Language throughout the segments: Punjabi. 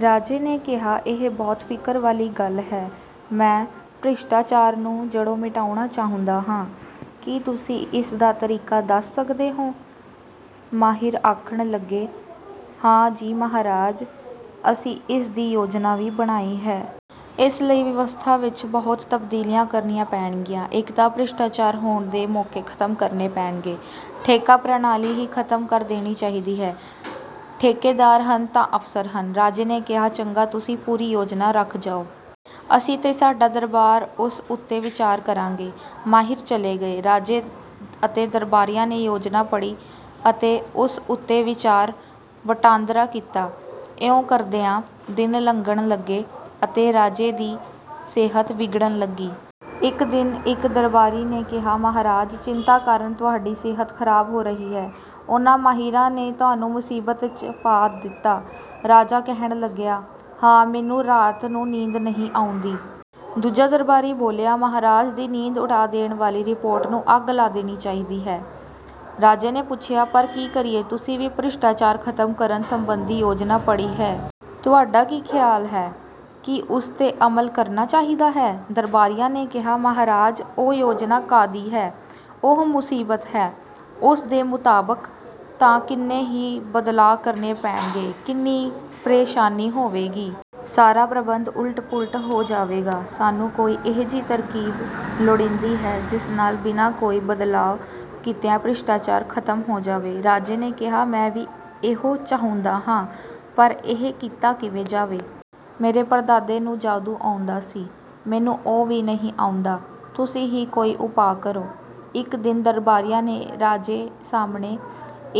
ਰਾਜੇ ਨੇ ਕਿਹਾ, ''ਇਹ ਬਹੁਤ ਫਿਕਰ ਵਾਲੀ ਗੱਲ ਹੈ। ਮੈਂ ਭ੍ਰਿਸ਼ਟਾਚਾਰ ਨੂੰ ਜੜ੍ਹੋਂ ਮਿਟਾਉਣਾ ਚਾਹੁੰਦਾ ਹਾਂ। ਕੀ ਤੁਸੀਂ ਇਸ ਦਾ ਤਰੀਕਾ ਦੱਸ ਸਕਦੇ ਹੋ? " ਮਾਹਿਰ ਆਖਣ ਲੱਗੇ, ''ਹਾਂ ਜੀ ਮਹਾਰਾਜ, ਅਸੀਂ ਇਸ ਦੀ ਯੋਜਨਾ ਵੀ ਬਣਾਈ ਹੈ। ਇਸ ਲਈ ਵਿਵਸਥਾ ਵਿੱਚ ਬਹੁਤ ਤਬਦੀਲੀਆਂ ਕਰਨੀਆਂ ਪੈਣਗੀਆਂ। ਇੱਕ ਤਾਂ ਭ੍ਰਿਸ਼ਟਾਚਾਰ ਹੋਣ ਦੇ ਮੌਕੇ ਖਤਮ ਕਰਨੇ ਪੈਣਗੇ। ਠੇਕਾ ਪ੍ਰਣਾਲੀ ਹੀ ਖਤਮ ਕਰ ਦੇਣੀ ਚਾਹੀਦੀ ਹੈ। ਠੇਕੇਦਾਰ ਹਨ ਤਾਂ ਅਫਸਰ ਹਨ। " ਰਾਜੇ ਨੇ ਕਿਹਾ, ''ਚੰਗਾ, ਤੁਸੀਂ ਪੂਰੀ ਯੋਜਨਾ ਰੱਖ ਜਾਓ। ਅਸੀਂ ਤੇ ਸਾਡਾ ਦਰਬਾਰ ਉਸ ਉੱਤੇ ਵਿਚਾਰ ਕਰਾਂਗੇ। " ਮਾਹਿਰ ਚਲੇ ਗਏ। ਰਾਜੇ ਅਤੇ ਦਰਬਾਰੀਆਂ ਨੇ ਯੋਜਨਾ ਪੜ੍ਹੀ ਅਤੇ ਉਸ ਉੱਤੇ ਵਿਚਾਰ ਵਟਾਂਦਰਾ ਕੀਤਾ। ਇਉਂ ਕਰਦਿਆਂ ਦਿਨ ਲੰਘਣ ਲੱਗੇ ਅਤੇ ਰਾਜੇ ਦੀ ਸਿਹਤ ਵਿਗੜਨ ਲੱਗੀ। ਇੱਕ ਦਿਨ ਇੱਕ ਦਰਬਾਰੀ ਨੇ ਕਿਹਾ, ''ਮਹਾਰਾਜ, ਚਿੰਤਾ ਕਾਰਨ ਤੁਹਾਡੀ ਸਿਹਤ ਖਰਾਬ ਹੋ ਰਹੀ ਹੈ। ਉਨ੍ਹਾਂ ਮਾਹਿਰਾਂ ਨੇ ਤੁਹਾਨੂੰ ਮੁਸੀਬਤ 'ਚ ਪਾ ਦਿੱਤਾ। " ਰਾਜਾ ਕਹਿਣ ਲੱਗਿਆ, ''ਹਾਂ, ਮੈਨੂੰ ਰਾਤ ਨੂੰ ਨੀਂਦ ਨਹੀਂ ਆਉਂਦੀ। " ਦੂਜਾ ਦਰਬਾਰੀ ਬੋਲਿਆ, ''ਮਹਾਰਾਜ ਦੀ ਨੀਂਦ ਉਡਾ ਦੇਣ ਵਾਲੀ ਰਿਪੋਰਟ ਨੂੰ ਅੱਗ ਲਾ ਦੇਣੀ ਚਾਹੀਦੀ ਹੈ। " ਰਾਜੇ ਨੇ ਪੁੱਛਿਆ, '' ਪਰ ਕੀ ਕਰੀਏ? ਤੁਸੀਂ ਵੀ ਭ੍ਰਿਸ਼ਟਾਚਾਰ ਖਤਮ ਕਰਨ ਸੰਬੰਧੀ ਯੋਜਨਾ ਪੜ੍ਹੀ ਹੈ। ਤੁਹਾਡਾ ਕੀ ਖਿਆਲ ਹੈ? ਕੀ ਉਸ 'ਤੇ ਅਮਲ ਕਰਨਾ ਚਾਹੀਦਾ ਹੈ? " ਦਰਬਾਰੀਆਂ ਨੇ ਕਿਹਾ, ''ਮਹਾਰਾਜ, ਉਹ ਯੋਜਨਾ ਕਾਹਦੀ ਹੈ, ਉਹ ਮੁਸੀਬਤ ਹੈ। ਉਸ ਦੇ ਮੁਤਾਬਕ ਤਾਂ ਕਿੰਨੇ ਹੀ ਬਦਲਾਅ ਕਰਨੇ ਪੈਣਗੇ। ਕਿੰਨੀ ਪ੍ਰੇਸ਼ਾਨੀ ਹੋਵੇਗੀ। ਸਾਰਾ ਪ੍ਰਬੰਧ ਉਲਟ ਪੁਲਟ ਹੋ ਜਾਵੇਗਾ। ਸਾਨੂੰ ਕੋਈ ਅਜਿਹੀ ਤਰਕੀਬ ਲੋੜੀਂਦੀ ਹੈ, ਜਿਸ ਨਾਲ ਬਿਨਾਂ ਕੋਈ ਬਦਲਾਅ ਕੀਤਿਆਂ ਭ੍ਰਿਸ਼ਟਾਚਾਰ ਖਤਮ ਹੋ ਜਾਵੇ। " ਰਾਜੇ ਨੇ ਕਿਹਾ, ''ਮੈਂ ਵੀ ਇਹੋ ਚਾਹੁੰਦਾ ਹਾਂ, ਪਰ ਇਹ ਕੀਤਾ ਕਿਵੇਂ ਜਾਵੇ? ਮੇਰੇ ਪੜਦਾਦੇ ਨੂੰ ਜਾਦੂ ਆਉਂਦਾ ਸੀ, ਮੈਨੂੰ ਉਹ ਵੀ ਨਹੀਂ ਆਉਂਦਾ। ਤੁਸੀਂ ਹੀ ਕੋਈ ਉਪਾਅ ਕਰੋ? " ਇੱਕ ਦਿਨ ਦਰਬਾਰੀਆਂ ਨੇ ਰਾਜੇ ਸਾਹਮਣੇ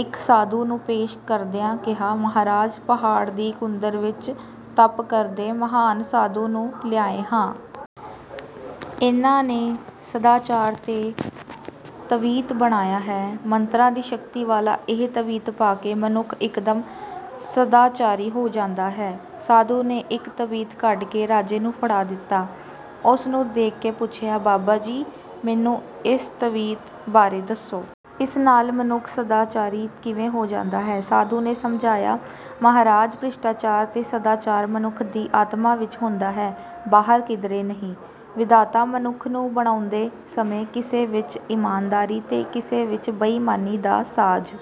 ਇੱਕ ਸਾਧੂ ਨੂੰ ਪੇਸ਼ ਕਰਦਿਆਂ ਕਿਹਾ, ''ਮਹਾਰਾਜ, ਪਹਾੜ ਦੀ ਕੁੰਦਰ ਵਿੱਚ ਤਪ ਕਰਦੇ ਮਹਾਨ ਸਾਧੂ ਨੂੰ ਲਿਆਏ ਹਾਂ। ਇਨ੍ਹਾਂ ਨੇ ਸਦਾਚਾਰ ਦਾ ਤਵੀਤ ਬਣਾਇਆ ਹੈ। ਮੰਤਰਾਂ ਦੀ ਸ਼ਕਤੀ ਵਾਲਾ ਇਹ ਤਵੀਤ ਪਾ ਕੇ ਮਨੁੱਖ ਇਕਦਮ ਸਦਾਚਾਰੀ ਹੋ ਜਾਂਦਾ ਹੈ। " ਸਾਧੂ ਨੇ ਇੱਕ ਤਵੀਤ ਕੱਢ ਕੇ ਰਾਜੇ ਨੂੰ ਫੜਾ ਦਿੱਤਾ। ਉਸ ਨੂੰ ਦੇਖ ਕੇ ਪੁੱਛਿਆ, ''ਬਾਬਾ ਜੀ, ਮੈਨੂੰ ਇਸ ਤਵੀਤ ਬਾਰੇ ਦੱਸੋ। ਇਸ ਨਾਲ ਮਨੁੱਖ ਸਦਾਚਾਰੀ ਕਿਵੇਂ ਹੋ ਜਾਂਦਾ ਹੈ? " ਸਾਧੂ ਨੇ ਸਮਝਾਇਆ, ''ਮਹਾਰਾਜ, ਭ੍ਰਿਸ਼ਟਾਚਾਰ ਤੇ ਸਦਾਚਾਰ ਮਨੁੱਖ ਦੀ ਆਤਮਾ ਵਿੱਚ ਹੁੰਦਾ ਹੈ, ਬਾਹਰ ਕਿਧਰੇ ਨਹੀਂ। ਵਿਧਾਤਾ ਮਨੁੱਖ ਨੂੰ ਬਣਾਉਂਦੇ ਸਮੇਂ ਕਿਸੇ ਵਿੱਚ ਇਮਾਨਦਾਰੀ ਤੇ ਕਿਸੇ ਵਿੱਚ ਬੇਈਮਾਨੀ ਦਾ ਸਾਜ਼